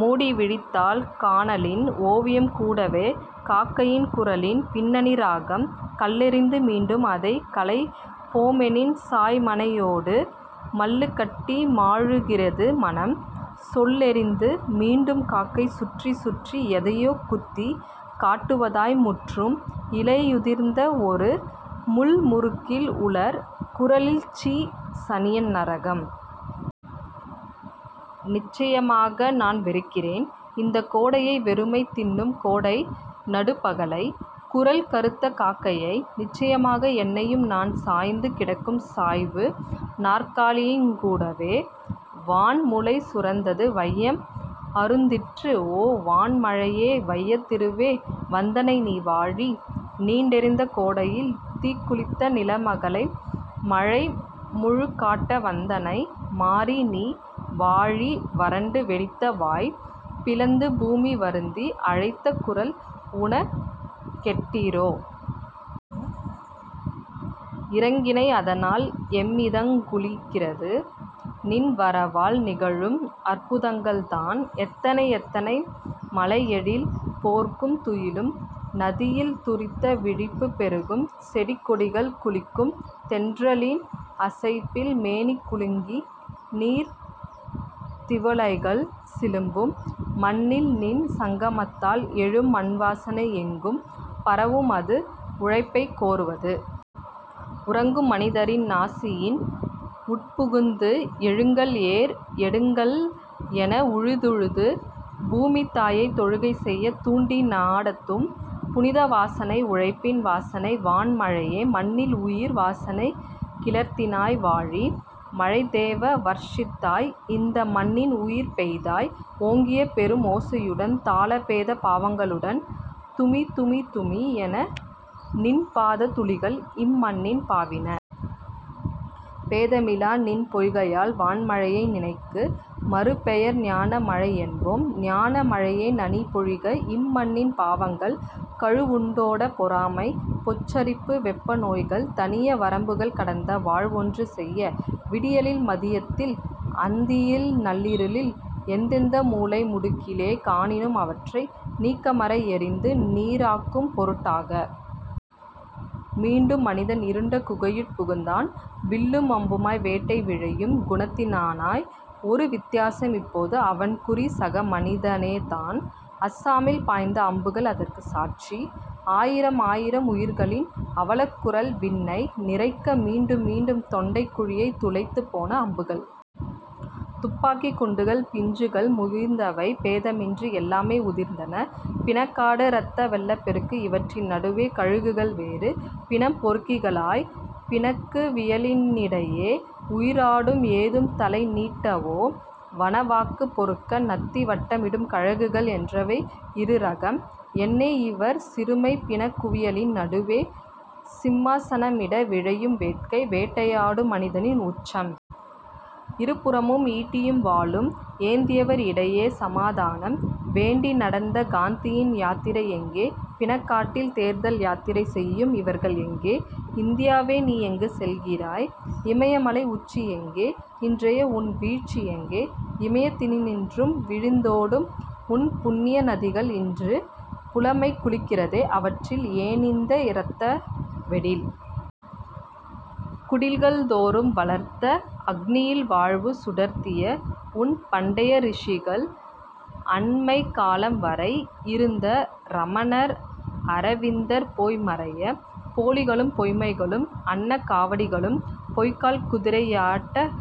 மூடி விழித்தால் கானலின் ஒவியம் கூடவே காக்கையின் குரலின் பின்னணி ராகம். கல்லெறிந்து மீண்டும் அதைக் கலைப் போமெனின் சாய்மனையோடு மல்லுக்கட்டி மாழுகிறது மனம். சொல்லெறிந்து மீண்டும் காக்கை சுற்றிச் சுற்றி எதையோ குத்திக் காட்டுவதாய் முற்றும் இலையுதிர்ந்த வொரு முள் முருக்கில் உலர் குரலில் சீ சனியன் நரகம். நிச்சயமாக நான் வெறுக்கிறேன். இந்தக் கோடையை வெறுமை தின்னும் கோடை நடுப்பகலை. குரல் கறுத்த காக்கையை. நிச்சயமாக என்னையும் நான் சாய்ந்து கிடக்கும் சாய்வு நாற்காலியையுங்கூடவே. வான் முலை சுரந்தது வையம் அருந்திற்று ஓ வான் மழையே வையத் திருவே வந்தனை நீ வாழி நீண்டெரிந்த கோடையில் தீக்குளித்த நிலமகளை மழை முழுக்காட்ட வந்தனை மாரி நீ வாழி வரண்டு வெடித்த வாய் பிளந்து பூமி வருந்தி அழைத்த குரல் உனக் கெட்டிற்றோ? இரங்கினை அதனால் எம்மிதயங் குளிக்கிறது. நின் வரவால் நிகழும் அற்புதங்கள்தான் எத்தனை எத்தனை மலை எழில் போர்க்கும் துயிலும் நதியில் துரித விழிப்புப் பெருகும் செடிகொடிகள் குளிக்கும் தென்றலின் அசைப்பில் மேனிகுலுங்கி நீர்த் திவலைகள் சிலும்பும். மண்ணில் நின் சங்கமத்தால் எழும் மண்வாசனை எங்கும் பரவும் அது உழைப்பைக் கோருவது. உறங்கும் மனிதரின் நாசியின் உட்புகுந்து எழுங்கள் ஏர் எடுங்கள்என உழுதுழுது பூமித்தாயை தொழுகை செய தூண்டி நடாத்தும் புனிதவாசனை உழைப்பின் வாசனை வான் மழையே மண்ணில் உயிர் வாசனை கிளர்த்தினாய் வாழி. மழைத்தேவா வர்ஷித்தாய் இந்த மண்ணில் உயிர் பெய்தாய் ஓங்கிய பெரும் ஓசையுடன் தாள பேத பாவங்களுடன் துமிதுமி துமி என நின் பாத துளிகள் இம் மண்ணில் பாவின. பேதமிலாத நின் பெய்கையால் வான் மழையே நினக்கு மறுபெயர் ஞான மழை என்போம். ஞான மழையே நனி பொழிக இம்மண்ணின் பாவங்கள் கழுவுண்டோட பொறாமை பொச்சரிப்பு வெப்பு நோய்கள் தணிய வரம்புகள் கடந்த வாழ் வொன்று செய்ய. விடியலில் மதியத்தில் அந்தியில் நள்ளிருளில் எந்தெந்த மூலை முடக்கிலே காணினும் அவற்றை நீக்கமற எரிந்து நீறாக்கும் பொருட்டாக. மீண்டும் மனிதன் இருண்ட குகையுட் புகுந்தான் வில்லும் அம்புமாய் வேட்டை விழையும் குணத்தினனாய். ஒரு வித்தியாசம் இப்போது அவன்குறி சக மனிதனேதான். அஸ்ஸாமில் பாய்ந்த அம்புகள் அதற்குச் சாட்சி. ஆயிரம் ஆயிரம் உயிர்களின் அவலக்குரல் விண்ணை நிறைக்க மீண்டும் மீண்டும் தொண்டைக் குழியைத் துளைத்துப் போன அம்புகள். துப்பாக்கிக் குண்டுகள் பிஞ்சுகள் முதிர்ந்தவை பேதமின்றி எல்லாமே உதிர்ந்தன. பிணக் காடு இரத்த வெள்ளப் பெருக்கு இவற்றின் நடுவே கழுகுகள் வேறு. பிணம் பொறுக்கிகளாய் பிணக்குவியலினிடையே உயிராடும் ஏதும் தலைநீட்டாவோ என வாக்குப் பொறுக்க நத்தி வட்டமிடும் கழுகுகள் என்றவை இருரகம். என்னே இவர் சிறுமை பிணக் குவியலின் நடுவே சிம்மாசனமிட விழையும் வேட்கை வேட்டையாடும் மனிதனின் உச்சம். இருபுறமும் ஈட்டியும் வாளும் ஏந்தியவர் இடையே சமாதானம் வேண்டி நடந்த காந்தியின் யாத்திரை எங்கே? பிணக்காட்டில் தேர்தல் யாத்திரை செய்யும் இவர்கள் எங்கே? இந்தியாவே நீ எங்கு செல்கிறாய்? இமயமலை உச்சி எங்கே? இன்றைய உன் வீழ்ச்சி எங்கே? இமயத்தினின்றும் வழிந்தோடும் உன் புண்ணியநதிகள் இன்று புலைமை குளிக்கிறதே அவற்றில் ஏனிந்த இரத்தவெடில்? குடில்கள் தோறும் வளர்த்த அக்னியில் வாழ்வு சுடர்த்திய உன் பண்டையரிஷிகள் அண்மைக் காலம் வரை இருந்த ரமணர் அரவிந்தர் போய் மறைய போலிகளும் பொய்மைகளும் அன்னக் காவடிகளும் பொய்க்கால் குதிரையாட்டப்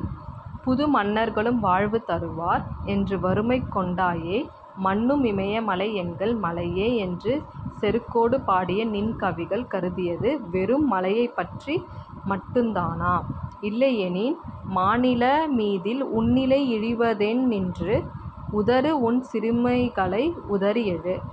புது மன்னர்களும் வாழ்வு தருவார் என்று வறுமை கொண்டாயே. மன்னும் இமயமலை எங்கள் மலையே என்று செருக்கோடு பாடிய நின் கவிகள் கருதியது வெறும் மலையைப்பற்றி மட்டுந்தானா? இல்லை யெனின் மாநிலமீதில் உன்னிலை இழிவதேன் இன்று? உதறு உன்சிறுமைகளை உதறிஎழு.